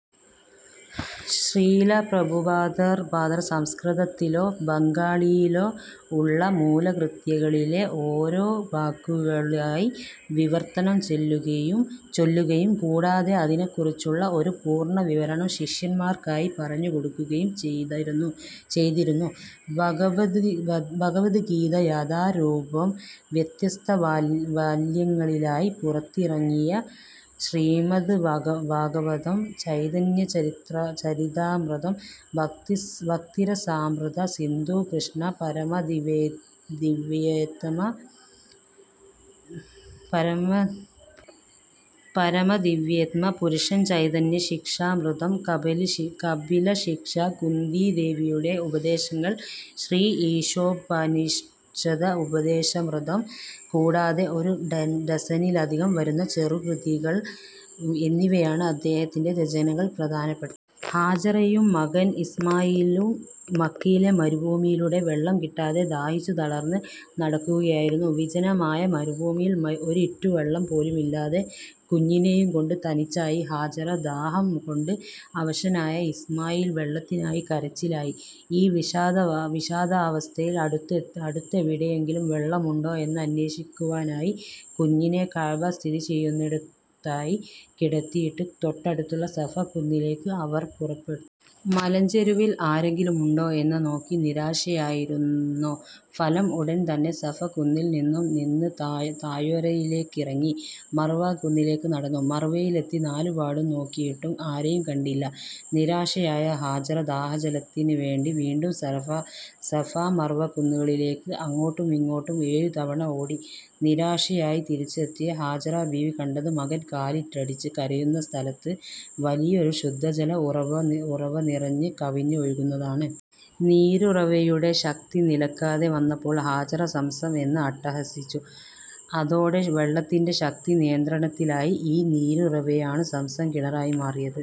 ശ്രീല പ്രഭുപാദർ, സംസ്കൃതത്തിലൊ, ബംഗാളിയിലോ ഉള്ള മൂലകൃതികളിലെ ഓരോ വാക്കുകളായി വിവർത്തനംചൊല്ലുകയും കൂടാതെ അതിനെക്കുറിച്ചുള്ള ഒരു പൂർണ്ണവിവരണം ശിഷ്യന്മാർക്കായി പറഞ്ഞുകൊടുക്കുകയും ചെയ്തിരുന്നു. ഭഗവദ്ഗീത യഥാരൂപം, വ്യത്യസ്ത വാല്യങ്ങളിലായി പുറത്തിറങ്ങിയ ശ്രീമദ് ഭാഗവതം, ചൈതന്യചരിതാമൃതം; ഭക്തിരസാമൃത സിന്ധു, കൃഷ്ണ: പരമ ദിവ്യേത്തമ പുരുഷൻ, ചൈതന്യ ശിക്ഷാമൃതം, കപില ശിക്ഷ, കുന്തീദേവിയുടെ ഉപദേശങ്ങൾ, ശ്രീ ഈശോപനിഷത്, ഉപദേശാമൃതം, കൂടാതെ ഒരു ഡസനിലധികം വരുന്ന ചെറു കൃതികൾ, എന്നിവയാണ് അദ്ദേഹത്തിന്റെ രചനകളിൽ പ്രധാനപ്പെട്ടവ. ഹാജറയും മകൻ ഇസ്മാഈലും മക്കയിലെ മരുഭൂയിലൂടെ വെള്ളം കിട്ടാതെ ദാഹിച്ചു തളർന്ന് നടക്കുകയായിരുന്നു. വിജനമായ മരുഭൂമിയിൽ ഒരിറ്റുവെള്ളം പോലുമില്ലാതെ കുഞ്ഞിനെയും കൊണ്ട് തനിച്ചായി ഹാജറ. ദാഹം കൊണ്ട് അവശനായ ഇസ്മാഈൽ വെള്ളത്തിനായി കരച്ചിലായി. ഈ വിഷാദാവസ്ഥയിൽ അടുത്തെവിടെയെങ്കിലും വെള്ളമുണ്ടോ എന്നന്വേഷിക്കുവാനായി കുഞ്ഞിനെ കഅബ സ്ഥിതിചെയ്യുന്നതിനടുത്തായി കിടത്തിയിട്ട് തൊട്ടടുത്തുള്ള സഫ കുന്നിലേക്ക് അവർ പുറപ്പെട്ടു. മലഞ്ചെരുവിൽ ആരെങ്കിലുമുണ്ടോ എന്ന് നോക്കി. നിരാശയായിരുന്നു ഫലം. ഉടൻ തന്നെ സഫ കുന്നിൽ നിന്നും നിന്ന് താഴ്വരയിലേക്കിറങ്ങി മർവാ കുന്നിലേക്ക് നടന്നു. മർവയിലെത്തി നാലുപാടും നോക്കിയിട്ടും ആരെയും കണ്ടില്ല. നിരാശയായ ഹാജറ ദാഹജലത്തിന് വേണ്ടി വീണ്ടും സഫ-മർവ കുന്നുകളിലേക്ക് അങ്ങോട്ടുമിങ്ങോട്ടും ഏഴുതവണ ഓടി. നിരാശയായി തിരിച്ചെത്തിയ ഹാജറ ബീവി കണ്ടത് മകൻ കാലിട്ടടിച്ച് കരയുന്ന സ്ഥലത്ത് വലിയൊരു ശുദ്ധ ജല ഉറവ നിറഞ്ഞ് കവിഞ്ഞ് ഒഴുകുന്നതാണ്. നീരുറവയുടെ ശക്തി നിലക്കാതെ വന്നപ്പോൾ ഹാജറ സംസം എന്ന് അട്ടഹസിച്ചു. അതോടെ വെള്ളതിന്റെ ശക്തി നിയന്ത്രണത്തിലായി. ഈ നീരുറവയാണു സംസം കിണറായി മാറിയത്